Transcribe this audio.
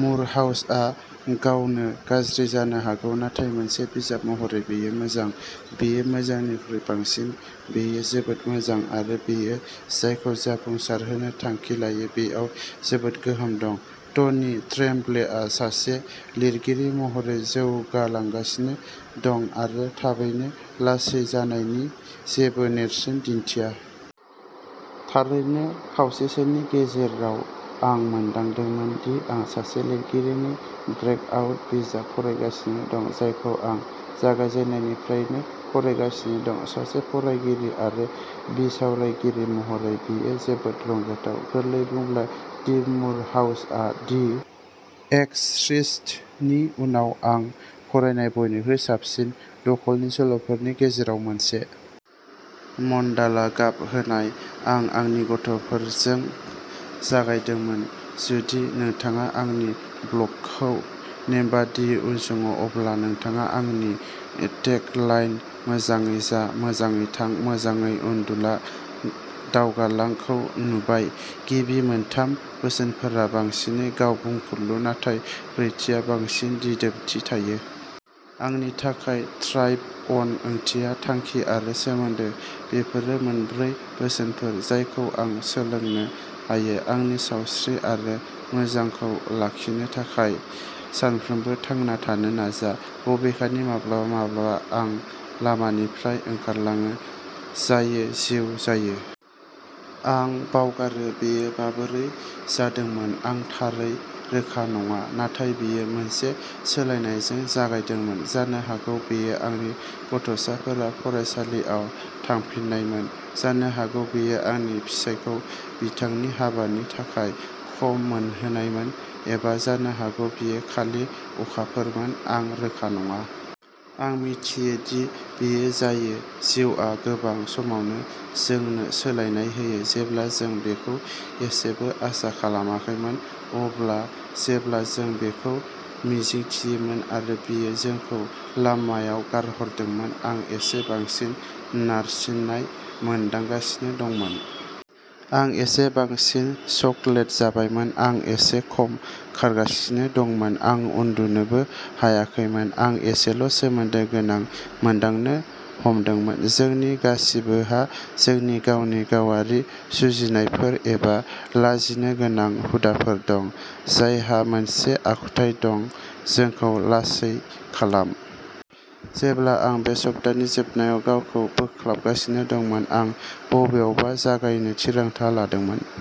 मुर हाउसआ गावनो गाज्रि जानो हागौ, नाथाय मोनसे बिजाब महरै बेयो मोजां। बेयो मोजांनिख्रुइ बांसिन-बेयो जोबोद मोजां, आरो बेयो जायखौ जाफुंसारहोनो थांखि लायो बेयाव जोबोद गोहोम गोनां। टनि ट्रेम्ब्लेआ सासे लिरगिरि महरै जौगालांगासिनो दं आरो थाबैनो लासै जानायनि जेबो नेरसोन दिन्थिया। थारैनो, खावसेसोनि गेजेराव, आं मोनदांदोंमोन दि आं सासे लिरगिरिनि ब्रेकआउट बिजाब फरायगासिनो दं, जायखौ आं जागायजेननायनिफ्रायनो फरायगासिनो दं। सासे फरायगिरि आरो बिसावरायगिरि महरै, बेयो जोबोद रंजाथाव। गोरलैयै बुंब्ला, दि मुर हाउसआ दि एक्स'र्सिस्टनि उनाव आं फरायनाय बयनिख्रुइ साबसिन दखलनि सल'फोरनि गेजेराव मोनसे। मंडाला गाब होनाय आं आंनि गथ'फोरजों जागायदोंमोन। जुदि नोंथाङा आंनि ब्लगखौ नेमबादियै उनसङो, अब्ला नोंथाङा आंनि टेग लाइन "मोजाङै जा। मोजाङै थां। मोजाङै उन्दुला। दावगालां। " खौ नुबाय। गिबि मोनथाम बोसोनफोरा बांसिनै गाव-बुंफुरलु, नाथाय ब्रैथिआ बांसिन दिदोमथि थायो। आंनि थाखाय, थ्राइभ अन ओंथिया थांखि आरो सोमोन्दो। बेफोरो मोनब्रै बोसोनफोर जायखौ आं सोलोंनो हायो। आंनि सावस्रि आरो मोजांखौ लाखिनो थाखाय सानफ्रोमबो थांना थानो नाजा। बबेखानि, माब्लाबा-माब्लाबा आं लामानिफ्राय ओंखारलाङो। जायो। जिउ जायो। आं बावगारो। बेयो माबोरै जादोंमोन? आं थारै रोखा नङा, नाथाय बेयो मोनसे सोलायनायजों जागायदोंमोन। जानो हागौ बेयो आंनि गथ'साफोरा फरायसालियाव थांफिन्नायमोन, जानो हागौ बेयो आंनि फिसायखौ बिथांनि हाबानि थाखाय खम मोनहोनायमोन, एबा जानो हागौ बेयो खालि अखाफोरमोन, आं रोखा नङा। आं मिथियो, दि बेयो जायो। जिउआ गोबां समावनो जोंनो सोलायनाय होयो जेब्ला जों बेखौ एसेबो आसा खालामाखैमोन एबा जेब्ला जों बेखौ मिजिंथियोमोन आरो बेयो जोंखौ लामायाव गारहरदोंमोन। आं एसे बांसिन नारसिननाय मोनदांगासिनो दंमोन। आं एसे बांसिन चकलेट जाबायमोन। आं एसे खम खारगासिनो दंमोन। आं उन्दुनोबो हायाखैमोन। आं एसेल'सोमोन्दो गोनां मोनदांनो हमदोंमोन। जोंनि गासिबोहा जोंनि गावनि गावारि जुजिनायफोर एबा लाजिनोगोनां हुदाफोर दं जायहा मोनसे आखुथाय दं। जोंखौ लासै खालाम। जेब्ला आं बे सप्तानि जोबनायाव गावखौ बोख्लाबगासिनो दंमोन, आं बबेयावबा जागायनो थिरांथा लादोंमोन।